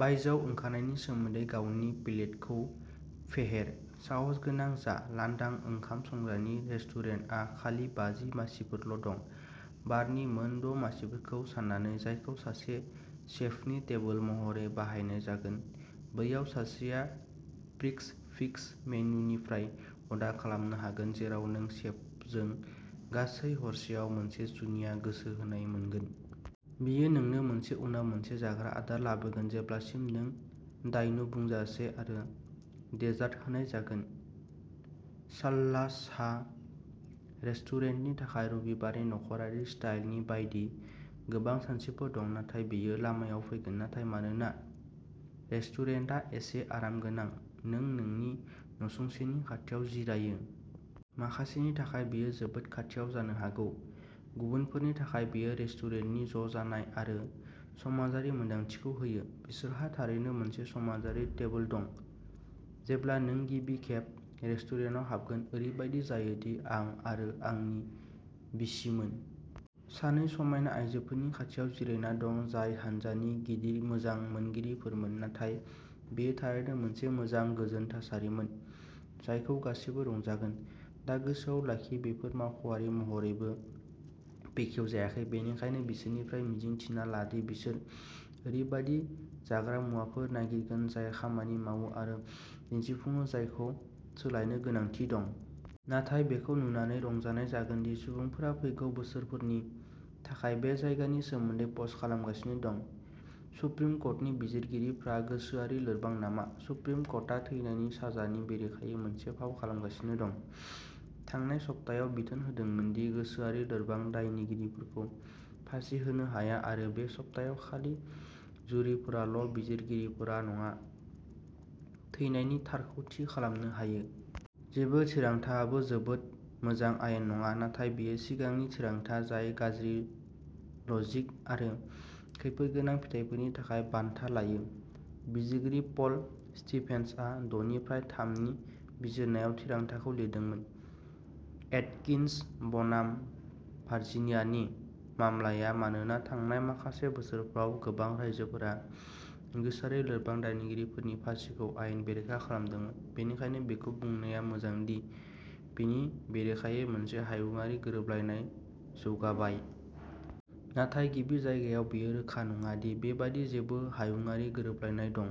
बायजोआव ओंखारनायनि सोमोन्दै गावनि पेलेटखौ फेहेर, साहसगोनां जा। लांदां ओंखाम संग्रानि रेस्टुरेन्टआ खालि बाजि मासिफोरल' दं, बारनि मोन द’ मासिफोरखौ साननानै जायखौ सासे सेफनि टेबोल महरै बाहायनाय जागोन। बैयाव सासेआ प्रिक्स फिक्स मेनुनिफ्राय अर्डार खालामनो हागोन जेराव नों सेफजों गासै हरसेआव मोनसे जुनिया गोसो होनाय मोनगोन। बियो नोंनो मोनसे उनाव मोनसे जाग्रा आदार लाबोगोन जेब्लासिम नों दायनु बुंजासे आरो डेजार्ट होनाय जागोन। श्लासहा रेस्टुरेन्टनि थाखाय रबिबारनि नख'रारि स्टाइलनि बायदि गोबां सानस्रिफोर दं, नाथाय बेयो लामायाव फैगोन। नाथाय मानोना रेस्टुरेन्टा एसे आरामगोनां नों नोंनि नसुंसेनि खाथियाव जिरायो। माखासेनि थाखाय बेयो जोबोद खाथियाव जानो हागौ, गुबुनफोरनि थाखाय, बेयो रेस्टुरेन्टनि ज'जानाय आरो समाजारि मोन्दांथिखौ होयो बिसोरहा थारैनो मोनसे समाजारि टेबोल दं जेब्ला नों गिबि खेब रेस्टुरेन्टआव हाबगोन। ओरैबायदि जायो दि आं आरो आंनि बिसिमोन। सानै समायना आयजोफोरनि खाथियाव जिरायना दं, जाय हानजानि गिदिर मोजां मोनगिरिफोरमोन नाथाय बेयो थारैनो मोनसे मोजां, गोजोन थासारिमोन जायखौ गासैबो रंजागोन। दा गोसोआव लाखि, बेफोर मावख'आरि महरैबो बेखेवजायाखै, बेनिखायनो बिसोरनिफ्राय मिजिं थिना ला दि बिसोर ओरैबायदि जाग्रा मुवाफोर नागिरगोन जाय खामानि मावो आरो दिन्थिफुङो जायखौ सोलायनो गोनांथि दं। नाथाय बेखौ नुनानै रंजानाय जागोन दि सुबुंफोरा फैगौ बोसोरफोरनि थाखाय बे जायगानि सोमोन्दै पस्ट खालामगासिनो दं। सुप्रिम कर्टनि बिजिरगिरिफ्रा गोसोआरि लोरबां नामा? सुप्रिम कर्टआ थैनायनि साजानि बेरेखायै मोनसे फाव खालामगासिनो दं, थांनाय सप्तायाव बिथोन होदोंमोन दि गोसोआरि लोरबां दायनिगिरिफोरखौ फासि होनो हाया आरो बे सप्तायाव खालि जुरिफोराल', बिजिरगिरिफोर नङा, थैनायनि थारखौ थि खालामनो हायो। जेबो थिरांथाआबो जोबोद मोजां आयेन नङा, नाथाय बेयो सिगांनि थिरांथा जाय गाज्रि लजिक आरो खैफोदगोनां फिथायफोरनि थाखाय बान्था लायो। बिजिरगिरि पल स्टिभेन्सआ दनिफ्राइ थाम नि बिजिरनायाव थिरांथाखौ लिरदोंमोन। एटकिन्स बनाम भार्जिनियानि मामलाया, मानोना थांनाय माखासे बोसोरफोराव गोबां रायजोफोरा गोसोआरि लोरबां दायनिगिरिफोरनि फासिखौ आयेन बेरेखा खालामदों, बेनिखायनो बेखौ बुंनाया मोजां दि बेनि बेरेखायै मोनसे हायुङारि गोरोबलायनाय जौगाबाय। नाथाय गिबि जायगायाव, बेयो रोखा नङा दि बेबादि जेबो हायुङारि गोरोबलायनाय दं।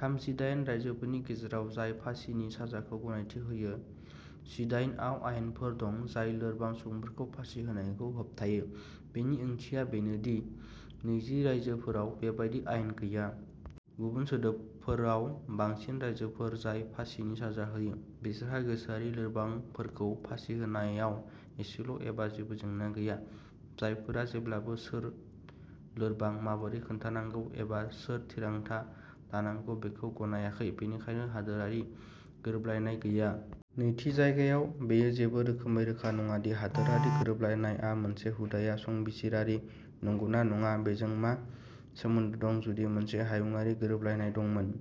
थामजिदाइन रायजोफोरनि गेजेराव जाय फासिनि साजाखौ गनायथि होयो, जिदाइन आव आयेनफोर दं जाय लोरबां सुबुंफोरखौ फासि होनायखौ होबथायो। बेनि ओंथिया बेनो दि नैजि रायजोफोराव बेबादि आयेन गैया। गुबुन सोदोबफोराव, बांसिन रायजोफोर जाय फासिनि साजा होयो बिसोरहा गोसोआरि लोरबांफोरखौ फासि होनायाव एसेल' एबा जेबो जेंना गैया। जायफोरा जेब्लाबो सोर लोरबां, माबोरै खोन्थानांगौ, एबा सोर थिरांथा लानांगौ बेखौ गनायाखै। बेनिखायनो, हादोरारि गोरोबलायनाय गैया। नैथि जायगायाव, बेयो जेबो रोखोमै रोखा नङा दि हादोरारि गोरोबलायनाय आ मोनसे हुदाया संबिजिरारि नंगौना नङा बेजों मा सोमोन्दो दं। जुदि मोनसे हायुङारि गोरोबलायनाय दंमोन।